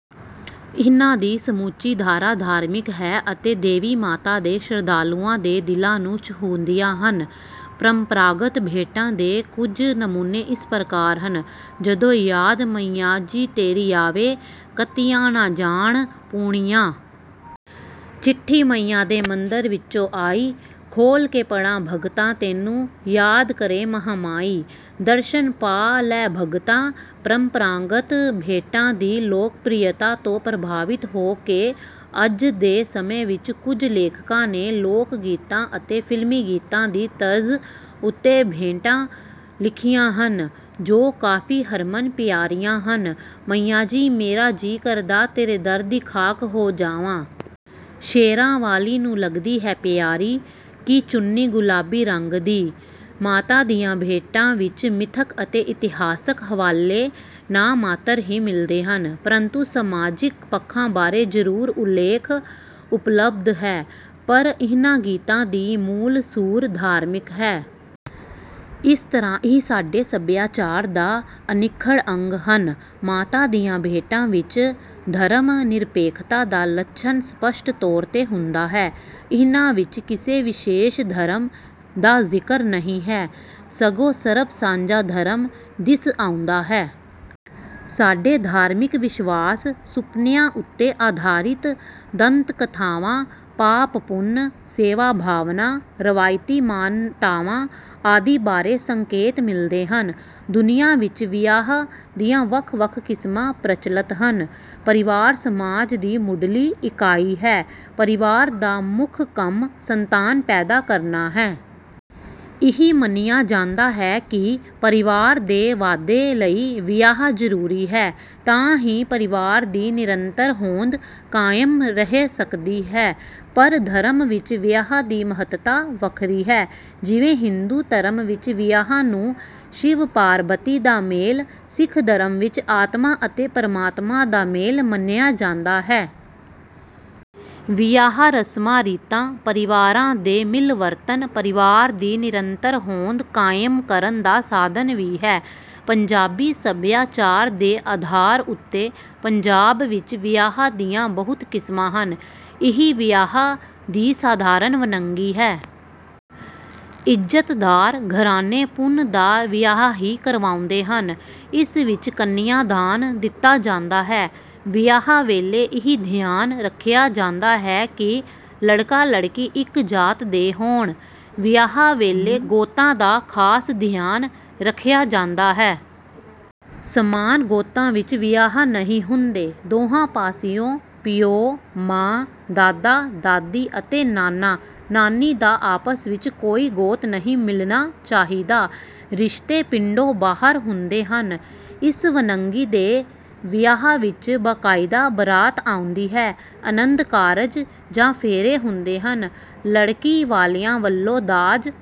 ਇਹਨਾਂ ਦੀ ਸਮੁੱਚੀ ਧਾਰਾ ਧਾਰਮਿਕ ਹੈ ਅਤੇ ਦੇਵੀ ਮਾਤਾ ਦੇ ਸ਼ਰਧਾਲੂਆਂ ਦੇ ਦਿਲਾਂ ਨੂੰ ਛੂਹਦੀਆਂ ਹਨ। ਪਰੰਪਰਾਗਤ ਭੇਟਾਂ ਦੇ ਕੁਝ ਨਮੂਨੇ ਇਸ ਪ੍ਰਕਾਰ ਹਨ: "ਜਦੋਂ ਯਾਦ ਮਈਆ ਜੀ ਤੇਰੀ ਆਵੇ, ਕੱਤੀਆਂ ਨਾ ਜਾਣ ਪੂਣੀਆਂ। ਚਿੱਠੀ ਮਈਆ ਦੇ ਮੰਦਰ ਵਿੱਚੋਂ ਆਈ, ਖੋਲ੍ਹ ਕੇ ਪੜ੍ਹਾਂ ਭਗਤਾ ਤੈਨੂੰ। ਯਾਦ ਕਰੇ ਮਹਾਂ ਮਾਈ, ਦਰਸ਼ਨ ਪਾ ਲੈ ਭਗਤਾ"।ਪਰੰਪਰਾਗਤ ਭੇਟਾਂ ਦੀ ਲੋਕਪ੍ਰਿਯਤਾ ਤੋਂ ਪ੍ਰਭਾਵਿਤ ਹੋ ਕੇ ਅੱਜ ਦੇ ਸਮੇਂ ਵਿੱਚ ਕੁਝ ਲੇਖਕਾਂ ਨੇ ਲੋਕ ਗੀਤਾਂ ਅਤੇ ਫ਼ਿਲਮੀ ਗੀਤਾਂ ਦੀ ਤਰਜ਼ ਉੱਤੇ ਭੇਟਾਂ ਲਿਖੀਆਂ ਹਨ, ਜੋ ਕਾਫ਼ੀ ਹਰਮਨ ਪਿਆਰੀਆਂ ਹਨ: "ਮਈਆ ਜੀ ਮੇਰਾ ਜੀ ਕਰਦਾ, ਤੇਰੇ ਦਰ ਦੀ ਖਾਕ ਹੋ ਜਾਵਾਂ"। "ਸ਼ੇਰਾਂ ਵਾਲ਼ੀ ਨੂੰ ਲੱਗਦੀ ਹੈ ਪਿਆਰੀ, ਕਿ ਚੁੰਨੀ ਗੁਲਾਬੀ ਰੰਗ ਦੀ"। ਮਾਤਾ ਦੀਆਂ ਭੇਟਾਂ ਵਿੱਚ ਮਿਥਕ ਅਤੇ ਇਤਿਹਾਸਕ ਹਵਾਲੇ ਨਾਮਾਤਰ ਹੀ ਮਿਲਦੇ ਹਨ। ਪਰੰਤੂ ਸਮਾਜਿਕ ਪੱਖਾਂ ਬਾਰੇ ਜ਼ਰੂਰ ਉੱਲੇਖ ਉਪਲਬਧ ਹੈ। ਪਰ ਇਹਨਾਂ ਗੀਤਾਂ ਦੀ ਮੂਲ ਸੁਰ ਧਾਰਮਿਕ ਹੈ। ਇਸ ਤਰ੍ਹਾਂ ਇਹ ਸਾਡੇ ਸਭਿਆਚਾਰ ਦਾ ਅਨਿੱਖੜ ਅੰਗ ਹਨ। ਮਾਤਾ ਦੀਆਂ ਭੇਟਾਂ ਵਿੱਚ ਧਰਮ-ਨਿਰਪੇਖਤਾ ਦਾ ਲੱਛਣ ਸਪੱਸ਼ਟ ਤੌਰ 'ਤੇ ਹੁੰਦਾ ਹੈ। ਇਹਨਾਂ ਵਿੱਚ ਕਿਸੇ ਵਿਸ਼ੇਸ਼ ਧਰਮ ਦਾ ਜ਼ਿਕਰ ਨਹੀਂ ਹੈ। ਸਗੋਂ ਸਰਬ ਸਾਂਝਾ ਧਰਮ ਦਿਸ ਆਉਂਦਾ ਹੈ। ਸਾਡੇ ਧਾਰਮਿਕ ਵਿਸ਼ਵਾਸ, ਸੁਪਨਿਆਂ ਉੱਤੇ ਆਧਾਰਿਤ ਦੰਤ ਕਥਾਵਾਂ, ਪਾਪ-ਪੁੰਨ, ਸੇਵਾ ਭਾਵਨਾ, ਰਵਾਇਤੀ ਮਾਨਤਾਵਾਂ ਆਦਿ ਬਾਰੇ ਸੰਕੇਤ ਮਿਲਦੇ ਹਨ। ਦੁਨੀਆਂ ਵਿੱਚ ਵਿਆਹ ਦੀਆਂ ਵੱਖ-ਵੱਖ ਕਿਸਮਾਂ ਪ੍ਰਚਲਤ ਹਨ। ਪਰਿਵਾਰ ਸਮਾਜ ਦੀ ਮੁੱਢਲੀ ਇਕਾਈ ਹੈ। ਪਰਿਵਾਰ ਦਾ ਮੁੱਖ ਕੰਮ ਸੰਤਾਨ ਪੈਦਾ ਕਰਨਾ ਹੈ। ਇਹ ਮੰਨਿਆ ਜਾਂਦਾ ਹੈ ਕਿ ਪਰਿਵਾਰ ਦੇ ਵਾਧੇ ਲਈ ਵਿਆਹ ਜ਼ਰੂਰੀ ਹੈ, ਤਾਂ ਹੀ ਪਰਿਵਾਰ ਦੀ ਨਿਰੰਤਰ ਹੋਂਦ ਕਾਇਮ ਰਹਿ ਸਕਦੀ ਹੈ। ਹਰ ਧਰਮ ਵਿੱਚ ਵਿਆਹ ਦੀ ਮਹੱਤਤਾ ਵੱਖਰੀ ਹੈ। ਜਿਵੇਂ ਹਿੰਦੂ ਧਰਮ ਵਿੱਚ ਵਿਆਹ ਨੂੰ ਸ਼ਿਵ-ਪਾਰਬਤੀ ਦਾ ਮੇਲ, ਸਿੱਖ ਧਰਮ ਵਿੱਚ ਆਤਮਾ ਅਤੇ ਪਰਮਾਤਮਾ ਦਾ ਮੇਲ ਮੰਨਿਆ ਜਾਂਦਾ ਹੈ। ਵਿਆਹ ਰਸਮਾਂ-ਰੀਤਾਂ, ਪਰਿਵਾਰਾਂ ਦੇ ਮਿਲਵਰਤਨ, ਪਰਿਵਾਰ ਦੀ ਨਿਰੰਤਰ ਹੋਂਦ ਕਾਇਮ ਕਰਨ ਦਾ ਸਾਧਨ ਵੀ ਹੈ। ਪੰਜਾਬੀ ਸਭਿਆਚਾਰ ਦੇ ਆਧਾਰ ਉੱਤੇ ਪੰਜਾਬ ਵਿੱਚ ਵਿਆਹ ਦੀਆਂ ਬਹੁਤ ਕਿਸਮਾਂ ਹਨ। ਇਹ ਵਿਆਹ ਦੀ ਸਾਧਾਰਨ ਵੰਨਗੀ ਹੈ। ਇੱਜ਼ਤਦਾਰ ਘਰਾਣੇ ਪੁੰਨ ਦਾ ਵਿਆਹ ਹੀ ਕਰਵਾਉਂਦੇ ਹਨ। ਇਸ ਵਿੱਚ ਕੰਨਿਆ ਦਾਨ ਦਿੱਤਾ ਜਾਂਦਾ ਹੈ। ਵਿਆਹ ਵੇਲੇ ਇਹ ਧਿਆਨ ਰੱਖਿਆ ਜਾਂਦਾ ਹੈ ਕਿ ਲੜਕਾ-ਲੜਕੀ ਇੱਕ ਜਾਤ ਦੇ ਹੋਣ। ਵਿਆਹ ਵੇਲੇ ਗੋਤਾਂ ਦਾ ਖਾਸ ਧਿਆਨ ਰੱਖਿਆ ਜਾਂਦਾ ਹੈ। ਸਮਾਨ ਗੋਤਾਂ ਵਿੱਚ ਵਿਆਹ ਨਹੀਂ ਹੁੰਦੇ। ਦੋਹਾਂ ਪਾਸਿਓਂ ਪਿਓ, ਮਾਂ, ਦਾਦਾ, ਦਾਦੀ ਅਤੇ ਨਾਨਾ, ਨਾਨੀ ਦਾ ਆਪਸ ਵਿੱਚ ਕੋਈ ਗੋਤ ਨਹੀਂ ਮਿਲਣਾ ਚਾਹੀਦਾ। ਰਿਸ਼ਤੇ ਪਿੰਡੋਂ ਬਾਹਰ ਹੁੰਦੇ ਹਨ। ਇਸ ਵੰਨਗੀ ਦੇ ਵਿਆਹ ਵਿੱਚ ਬਕਾਇਦਾ ਬਰਾਤ ਆਉਂਦੀ ਹੈ, ਅਨੰਦ ਕਾਰਜ ਜਾਂ ਫੇਰੇ ਹੁੰਦੇ ਹਨ। ਲੜਕੀ ਵਾਲਿਆਂ ਵੱਲੋਂ ਦਾਜ